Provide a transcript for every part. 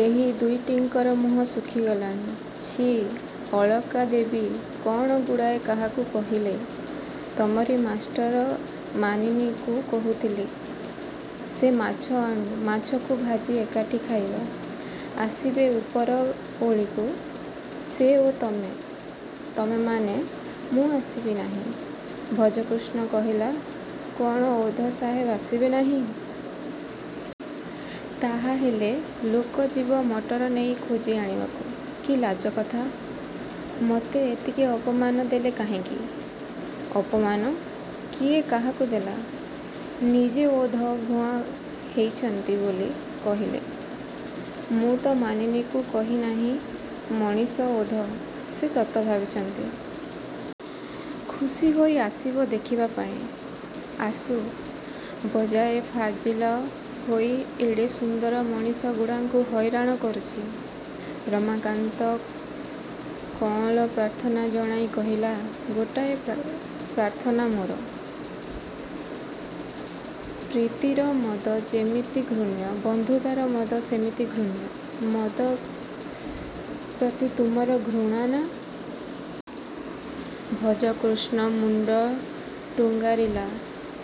ଏହି ଦୁଇଟିଙ୍କର ମୁହଁ ଶୁଖି ଗଲାଣି। -ଛି, ଅଳକା ଦେବୀ, କ'ଣ ଗୁଡ଼ାଏ କାହାକୁ କହିଲେ? -ତମରି ମାଷ୍ଟର ମାନିନୀକୁ କହୁଥିଲି। ସେ ମାଛ ଆଣୁ-ମାଛକୁ ଭାଜି ଏକାଠି ଖାଇବା-। ଆସିବେ ଉପର ଓଳିକୁ-ସେ ଓ ତମେ-ତମେମାନେ। -ମୁଁ ଆସିବି ନାହିଁ। ଭଜକୃଷ୍ଣ କହିଲା। -କ'ଣ ଓଧ ସାହେବ ଆସିବେ ନାହିଁ। ତାହାହେଲେ ଲୋକ ଯିବ ମଟର ନେଇ ଖୋଜି ଆଣିବାକୁ। -କି ଲାଜ କଥା? ମତେ ଏମିତି ଅପମାନ ଦେଲେ କାହିଁକି? -ଅପମାନ? କିଏ କାହାକୁ ଦେଲା? ନିଜେ ଓଧ-ଭୁଆଁ ହେଇଛନ୍ତି ବୋଲି କହିଲେ। ମୁଁ ତ ମାନିନୀକୁ କହି ନାହିଁ ମଣିଷ-ଓଧ। ସେ ସତ ଭାବିଛି। ଖୁସି ହୋଇ ଆସିବ ଦେଖିବା ପାଇଁ-। ଆସୁ। ବେଜାଏ ଫାଜିଲ ହୋଇ ଏଡ଼େ ସୁନ୍ଦର ମଣିଷଗୁଡ଼ାଙ୍କୁ ହଇରାଣ କରୁଛି। ରମାକାନ୍ତ କଅଁଳ ପ୍ରାର୍ଥନା ଜଣାଇ କହିଲା-ଗୋଟାଏ ପ୍ରାର୍ଥନା ମୋର।। ପ୍ରୀତିର ମଦ ଯେମିତି ଘୃଣ୍ୟ, ବନ୍ଧୁତାର ମଦ ସେମିତି ଘୃଣ୍ୟ। ମଦ ପ୍ରତି ତୁମର ଘୃଣା ନା? ଭଜକୃଷ୍ଣ ମୁଣ୍ଡ ଟୁଙ୍ଗାରିଲା।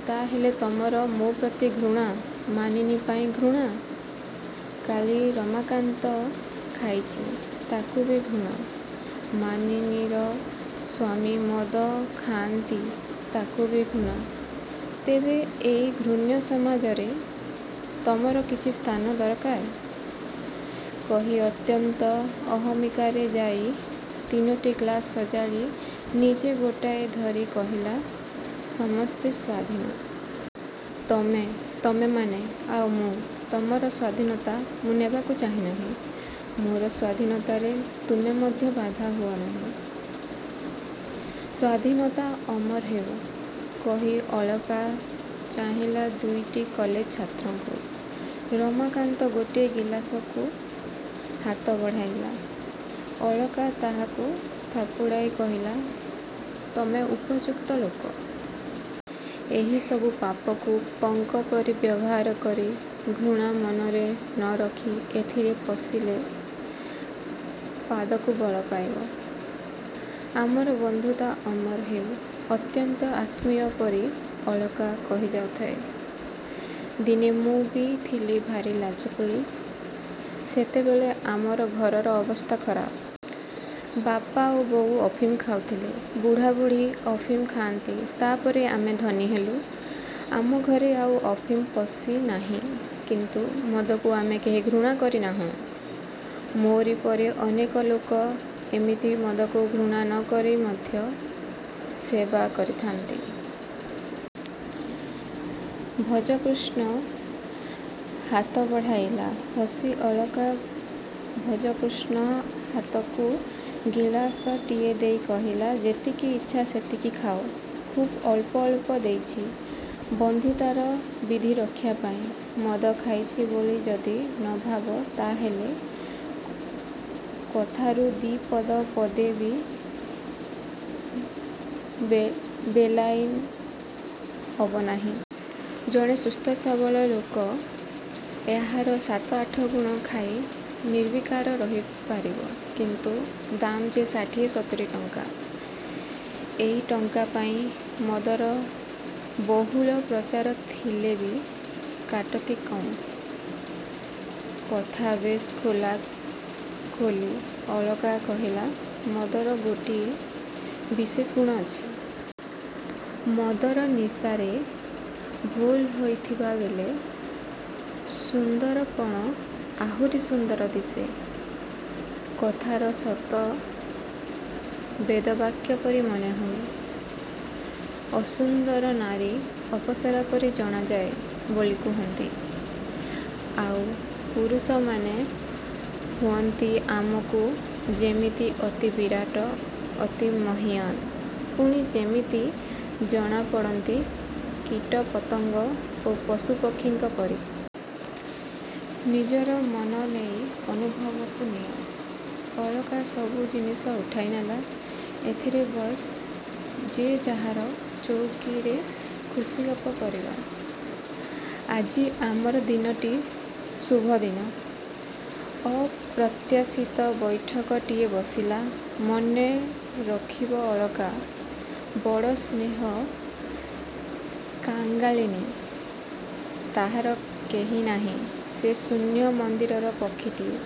-ତାହେଲେ ତମର ମୋ'ପ୍ରତି ଘୃଣା? -ମାନିନୀ ପାଇଁ ଘୃଣା? -କାଲି ରମାକାନ୍ତ ଖାଇଛି-ତାହାକୁ ବି ଘୃଣା? -ମାନିନୀର ସ୍ୱାମୀ ମଦ ଖାଆନ୍ତି, ତାଙ୍କୁ ବି ଘୃଣା? ତେବେ ଏଇ ଘୃଣ୍ୟ ସମାଜରେ ତମର କିଛି ସ୍ଥାନ ଦରକାର? କହି ଅତ୍ୟନ୍ତ ଅହମିକାରେ ଯାଇ ତିନୋଟି ଗ୍ଲାସ ସଜାଡ଼ି ନିଜେ ଗୋଟାଏ ଧରି କହିଲା-ସମସ୍ତେ ସ୍ୱାଧୀନ। ତମେ-ତମେମାନେ-ଆଉ ମୁଁ। ତମର ସ୍ୱାଧୀନତା ମୁଁ ନେବାକୁ ଚାହେଁ ନାହିଁ। ମୋର ସ୍ୱାଧୀନତାରେ ତୁମେ ମଧ୍ୟ ବାଧା ହୁଅ ନାହିଁ। -ସ୍ୱାଧୀନତା ଅମର ହେଉ-କହି ଅଳକା ଚାହିଁଲା ଦୁଇଟି କଲେଜ ଛାତ୍ରଙ୍କୁ। ରମାକାନ୍ତ ଗୋଟିଏ ଗିଲାସକୁ ହାତ ବଢ଼ାଇଲା। ଅଳକା ତାହାକୁ ଥାପୁଡ଼ାଇ କହିଲା-ତମେ ଉପଯୁକ୍ତ ଲୋକ। ଏହି ସବୁ ପାପକୁ ପଙ୍କପରି ବ୍ୟବହାର କରି ଘୃଣା ମନରେ ନ ରଖି ଏଥିରେ ପଶିଲେ ପାଦକୁ ବଳ ପାଇବ। ଆମର ବନ୍ଧୁତା ଅମର ହେଉ। ଅତ୍ୟନ୍ତ ଆତ୍ମୀୟ ପରି ଅଳକା କହି ଯାଉଥାଏ-ଦିନେ ମୁଁ ବି ଥିଲି ଭାରି ଲାଜକୁଳି। ସେତେବେଳେ ଆମର ଘରର ଅବସ୍ଥା ଖରାପ। ବାପା ଓ ବୋଉ ଅଫିମ ଖାଉଥିଲେ। ବୁଢ଼ାବୁଢ଼ୀ ଅଫିମ ଖାଆନ୍ତି ତା'ପରେ ଆମେ ଧନୀ ହେଲୁ। ଆମ ଘରେ ଆଉ ଅଫିମ ପଶି ନାହିଁ। କିନ୍ତୁ ମଦକୁ ଆମେ କେହି ଘୃଣା କରି ନାହୁଁ। ମୋରି ପରି ଅନେକ ଲୋକ ଏମିତି ମଦକୁ ଘୃଣା ନ କରି ମଧ୍ୟ ସେବା କରିଥାନ୍ତି। ଭଜକୃଷ୍ଣ ହାତ ବଢ଼ାଇଲା। ହସି ଅଳକା ଭଜକୃଷ୍ଣ ହାତକୁ ଗିଲାସଟିଏ ଦେଇ କହିଲା-ଯେତିକି ଇଚ୍ଛା ସେତିକି ଖାଅ-। ଖୁବ୍ ଅଳ୍ପ ଅଳ୍ପ ଦେଇଛି-ବନ୍ଧୁତାର ବିଧିରକ୍ଷା ପାଇଁ। ମଦ ଖାଇଛି ବୋଲି ଯଦି ନ ଭାବ, ତାହାହେଲେ କଥାରୁ ଦି'ପଦ ପଦେ ବି ବେଲାଇନ ହବ ନାହିଁ। ଜଣେ ସୁସ୍ଥ ସବଳ ଲୋକ ଏହାର ସାତ ଆଠଗୁଣ ଖାଇ ନିର୍ବିକାର ରହି ପାରିବ-କିନ୍ତୁ ଦାମ୍ ଯେ ଷାଠିଏ ସତୁରୀ ଟଙ୍କା ଏଇ ଟଙ୍କା ପାଇଁ ମଦର ବହୁଳ ପ୍ରଚାର ଥିଲେ ବି କାଟତି କମ୍। କଥା ବେଶ୍ ଖୋଲା ଖୋଲି। ଅଳକା କହିଲା-ମଦର ଗୋଟାଏ ବିଶେଷ ଗୁଣ ଅଛି। ମଦର ନିଶାରେ ଭୋଳ ଥିଲାବେଳେ ସୁନ୍ଦରପଣ ଆଉରି ସୁନ୍ଦର ଦିଶେ। କଥାର ସତ ବେଦବାକ୍ୟ ପରି ମନେହୁଏ। ଅସୁନ୍ଦର ନାରୀ ଅପସରା ପରି ଜଣାଯାଏ ବୋଲି କହନ୍ତି। ଆଉ ପୁରୁଷ ମନେ ହୁଅନ୍ତି ଆମକୁ ଯେମିତି ଅତି ବିରାଟ-ଅତି ମହୀୟାନ୍। ପୁଣି ଯେମିତି ଜଣାପଡ଼ନ୍ତି କୀଟ-ପତଙ୍ଗ ଓ ପଶୁପକ୍ଷୀଙ୍କ ପରି। ନିଜର ମନ ନେଇ ଅନୁଭବକୁ ନିଅ। ଅଳକା ସବୁ ଜିନିଷ ଉଠାଇ ନେଲା। ଏଥର ବସ ଯେ ଯାହାର ଚଉକୀରେ-ଖୁସି ଗପ କରିବା। ଆଜି ଆମର ଦିନଟି ଶୁଭ ଦିନ। ଅପ୍ରତ୍ୟାଶିତ ବୈଠକଟିଏ ବସିଲା-ମନେ ରଖିବ ଅଳକା ବଡ଼ ସ୍ନେହ-କାଙ୍ଗାଳିନୀ। ତାହାର କେହି ନାହିଁ। ସେ ଶୂନ୍ୟ ମନ୍ଦିରର ପକ୍ଷୀଟିଏ।